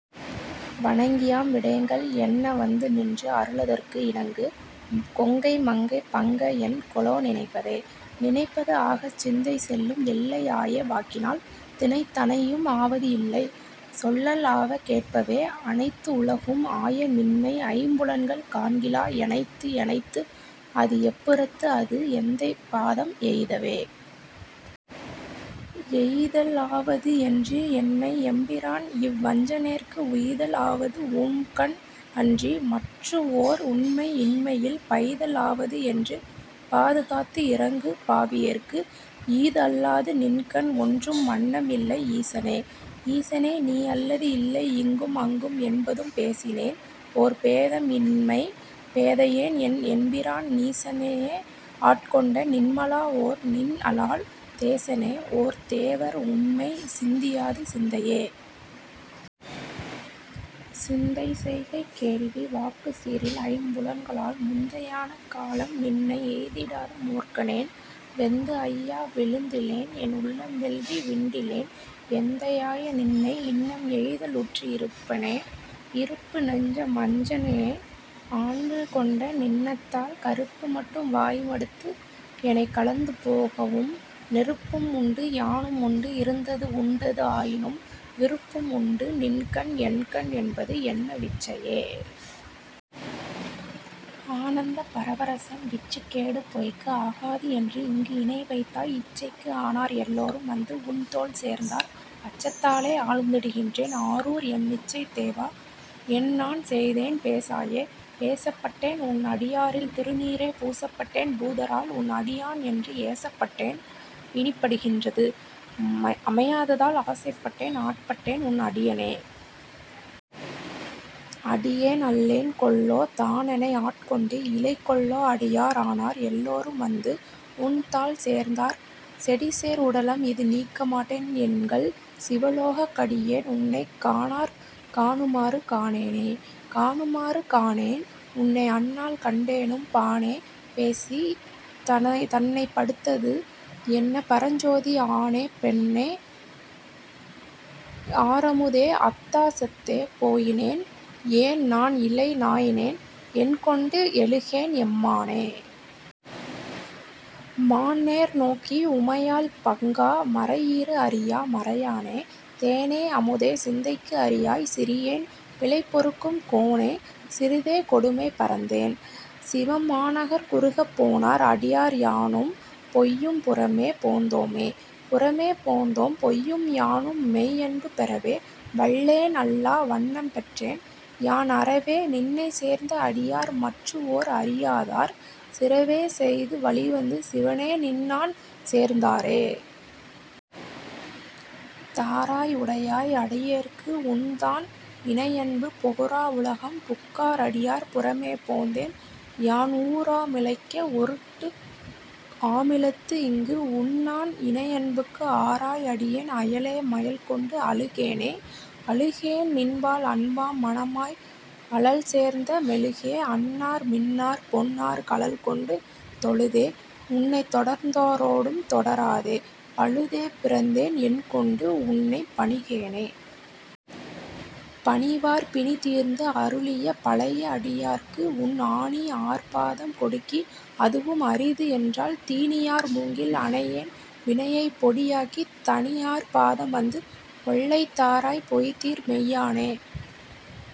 வணங்கியாம் விடேங்கள் என்ன வந்து நின்று அருளுதற்கு இணங்கு கொங்கை மங்கை பங்க என் கொலோ நினைப்பதே. நினைப்பது ஆக சிந்தை செல்லும் எல்லை ஆய வாக்கினால் தினைத் தனையும் ஆவது இல்லை சொல்லல் ஆவ கேட்பவே அனைத்து உலகும் ஆய நின்னை ஐம்புலன்கள் காண்கிலா எனைத்து எனைத்து அது எப்புறத்து அது எந்தை பாதம் எய்தவே. எய்தல் ஆவது என்று நின்னை எம்பிரான் இவ்வஞ்சனேற்கு உய்தல் ஆவது உன் கண் அன்றி மற்று ஓர் உண்மை இன்மையில் பைதல் ஆவது என்று பாதுகாத்து இரங்கு பாவியேற்கு ஈது அல்லாது நின்கண் ஒன்றும் வண்ணம் இல்லை ஈசனே. ஈசனே நீ அல்லது இல்லை இங்கும் அங்கும் என்பதும் பேசினேன் ஓர் பேதம் இன்மை பேதையேன் என் எம்பிரான் நீசனேனை ஆண்டுகொண்ட நின்மலா ஓர் நின் அலால் தேசனே ஓர் தேவர் உண்மை சிந்தியாது சிந்தையே. சிந்தை செய்கை கேள்வி வாக்குச் சீர் இல் ஐம்புலன்களால் முந்தை ஆன காலம் நின்னை எய்திடாத மூர்க்கனேன் வெந்து ஐயா விழுந்திலேன் என் உள்ளம் வெள்கி விண்டிலேன் எந்தை ஆய நின்னை இன்னம் எய்தல் உற்று இருப்பனே. இருப்பு நெஞ்சம் வஞ்சனேனை ஆண்டு கொண்ட நின்னதாள் கருப்புமட்டு வாய் மடுத்து எனைக் கலந்து போகவும் நெருப்பும் உண்டு யானும் உண்டு இருந்தது உண்டது ஆயினும் விருப்பும் உண்டு நின்கண் என்கண் என்பது என்ன விச்சையே. ஆனந்த பரவரசம் விச்சுக் கேடு பொய்க்கு ஆகாது என்று இங்கு இனை வைத்தாய் இச்சைக்கு ஆனார் எல்லாரும் வந்து உன்தாள் சேர்ந்தார் அச்சத்தாலே ஆழ்ந்திடுகின்றேன் ஆரூர் எம் மிச்சைத் தேவா என் நான் செய்தேன் பேசாயே. பேசப்பட்டேன் நின் அடியாரில் திருநீறே பூசப்பட்டேன் பூதரால் உன் அடியான் என்று ஏசப்பட்டேன் இனிப்படுகின்றது அமையாதால் ஆசைப்பட்டேன் ஆட்பட்டேன் உன் அடியேனே. அடியேன் அல்லேன் கொல்லோ தானெனை ஆட்கொண்டு இலை கொல்லோ அடியார் ஆனார் எல்லாரும் வந்து உன்தாள் சேர்ந்தார் செடிசேர் உடலம் இது நீக்கமாட்டேன் எங்கள் சிவலோகா கடியேன் உன்னைக் கண்ணாரக் காணுமாறு காணேனே. காணுமாறு காணேன் உன்னை அந்நாள் கண்டேனும் பாணே பேசி என் தன்னைப் படுத்தது என்ன பரஞ்சோதி ஆணே பெண்ணே ஆர் அமுதே அத்தா செத்தே போயினேன் ஏண் நாண் இல்லா நாயினேன் என்கொண்டு எழுகேன் எம்மானே. மான் நேர் நோக்கி உமையாள் பங்கா மறை ஈறு அறியா மறையானே தேனே அமுதே சிந்தைக்கு அரியாய் சிறியேன் பிழை பொறுக்கும் கோனே சிறிதே கொடுமை பறைந்தேன் சிவம் மாநகர் குறுகப் போனார் அடியார் யானும் பொய்யும் புறமே போந்தோமே. புறமே போந்தோம் பொய்யும் யானும் மெய் அன்பு பெறவே வல்லேன் அல்லா வண்ணம் பெற்றேன் யான் அறவே நின்னைச் சேர்ந்த அடியார் மற்று ஒன்று அறியாதார் சிறவே செய்து வழிவந்து சிவனே நின்தான் சேர்ந்தாரே. தாராய் உடையாய் அடியேற்கு உன்தான் இணை அன்பு போரா உலகம் புக்கார் அடியார் புறமே போந்தேன் யான் ஊர் ஆ மிலைக்கக் குருட்டு ஆமிலைத்து இங்கு உன்தான் இணை அன்புக்கு ஆராய் அடியேன் அயலே மயல் கொண்டு அழுகேனே. அழுகேன் நின்பால் அன்பாம் மனம் ஆய் அழல் சேர்ந்த மெழுகே அன்னார் மின்ஆர் பொன் ஆர் கழல் கண்டு தொழுதே உன்னைத் தொடர்ந்தாரோடும் தொடராதே பழுதே பிறந்தேன் என் கொண்டு உன்னைப் பணிகேனே. பணிவார் பிணி தீர்ந்து அருளிப் பழைய அடியார்க்கு உன் அணி ஆர் பாதம் கொடுக்கி அதுவும் அரிது என்றால் திணி ஆர் மூங்கில் அனையேன் வினையைப் பொடி ஆக்கித் தணி ஆர் பாதம் வந்து ஒல்லை தாராய் பொய்தீர் மெய்யானே.